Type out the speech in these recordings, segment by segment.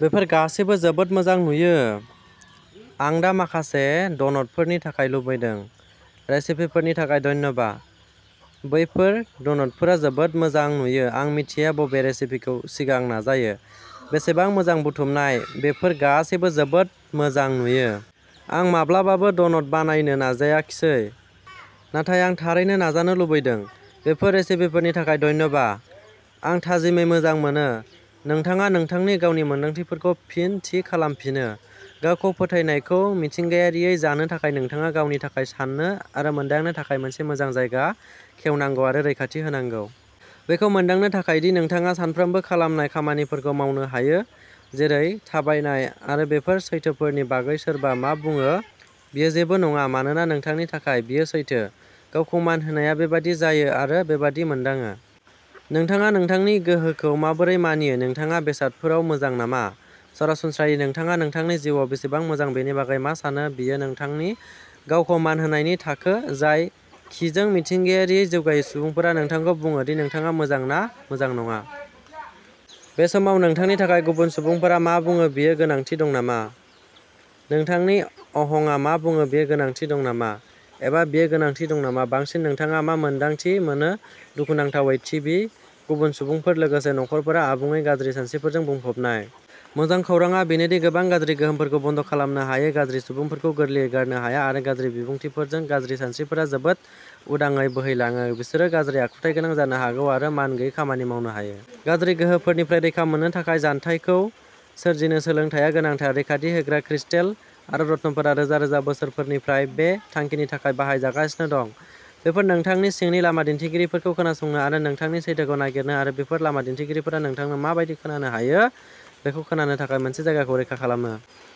बेफोर गासैबो जोबोद मोजां नुयो, आं दा माखासे ड'नटफोरनि थाखाय लुबैदों। रेसिपिफोरनि थाखाय धन्यबा! बैफोर ड'नटफोरा जोबोद मोजां नुयो। आं मिथिया बबे रेसिपिखौ सिगां नाजानो। बेसेबां मोजां बुथुमनाय। बेफोर गासैबो जोबोद मोजां नुयो। आं माब्लाबाबो ड'नट बानायनो नाजाखिसै नाथाय आं थारैनो नाजानो लुबैदों। बेफोर रेसिपिफोरनि थाखाय धन्यबा! आं थाजिमै मोजां मोनो। नोंथाङा नोंथांनि गावनि मोन्दांथिफोरखौ फिन थि खालामफिनो। गावखौ फोथायनायखौ मिथिंगायारियै जानो थाखाय नोंथाङा गावनि थाखाय साननो आरो मोनदांनो थाखाय मोनसे मोजां जायगा खेवनांगौ आरो रैखाथि होनांगौ। बेखौ मोनदांनो थाखाय दि नोंथाङा सानफ्रोमबो खालामनाय खामानिफोरखौ मावनो हायो, जेरै थाबायनाय आरो बेफोर सैथोफोरनि बागै सोरबा मा बुङो बेयो जेबो नङा मानोना नोंथांनि थाखाय, बेयो सैथो। गावखौ मान होनायआ बेबायदि जायो आरो बेबादि मोनदाङो। नोंथाङा नोंथांनि गोहोखौ माबोरै मानियो। नोंथाङा बेसादफोराव मोजां नामा? सरासनस्रायै, नोंथाङा नोंथांनि जिउआव बेसेबां मोजां बेनि बागै मा सानो। बेयो नोंथांनि गावखौ मान होनायनि थाखो, जाय किजों मिथिंगायारियै जौगायो। सुबुंफोरा नोंथांखौ बुङो दि नोंथाङा मोजां ना मोजां नङा? बे समाव नोंथांनि थाखाय गुबुन सुबुंफोरा मा बुङो बेयो गोनांथि दं नामा? नोंथांनि अहंआ मा बुङो बेयो गोनांथि दं नामा? एबा बेयो गोनांथि दं नामा? बांसिन नोंथाङा मा मोन्दांथि मोनो। दुखुनांथावै, टिभि, गुबुन सुबुंफोर, लोगोफोर, नखरफोरा आबुङै गाज्रि सानस्रिफोरजों बुंफबनाय। मोजां खौरांआ बेनो दि गोबां गाज्रि गोहोमफोरखौ बन्द खालामनो हायो। गाज्रि सुबुंफोरखौ गोरलैयै गारनो हाया आरो गाज्रि बिबुंथिफोरजों गाज्रि सानस्रिफोरा जोबोद उदाङै बोहैलाङो, बिसोरो गाज्रि आखुथायगोनां जानो हागौ आरो मानगैयै खामानि मावनो हायो। गाज्रि गोहोफोरनिफ्राय रैखा मोननो थाखाय जानथायखौ सोरजिनो सोलोंनाया गोनांथार। रैखाथि होग्रा क्रिस्टेल आरो रत्नफोरा रोजा-रोजा बोसोरफोरनिफ्राय बे थांखिनि थाखाय बाहायजागासिनो दं। बेफोर नोंथांनि सिंनि लामा दिन्थिगिरिफोरखौ खोनासंनो आरो नोंथांनि सैथोखौ नागिरनो आरो बेफोर लामा दिन्थिगिरिफोरा नोंथांनो मा बायदि खोनानो हायो बेखौ खोनानो थाखाय मोनसे जायगाखौ रैखा खालामो।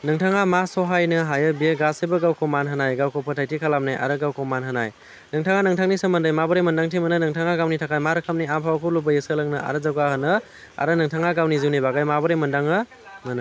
नोंथाङा मा सहायनो हायो बेयो गासैबो गावखौ मान होनाय, गावखौ फोथायथि खालामनाय आरो गावखौ मान होनाय। नोंथाङा नोंथांनि सोमोन्दै माबोरै मोन्दांथि मोनो, नोंथाङा गावनि थाखाय मा रोखोमनि आबहावाखौ लुबैयो, सोलोंनो आरो जौगाहोनो, आरो नोंथाङा गावनि जिउनि बागै माबोरै मोन्दांथि मोनो।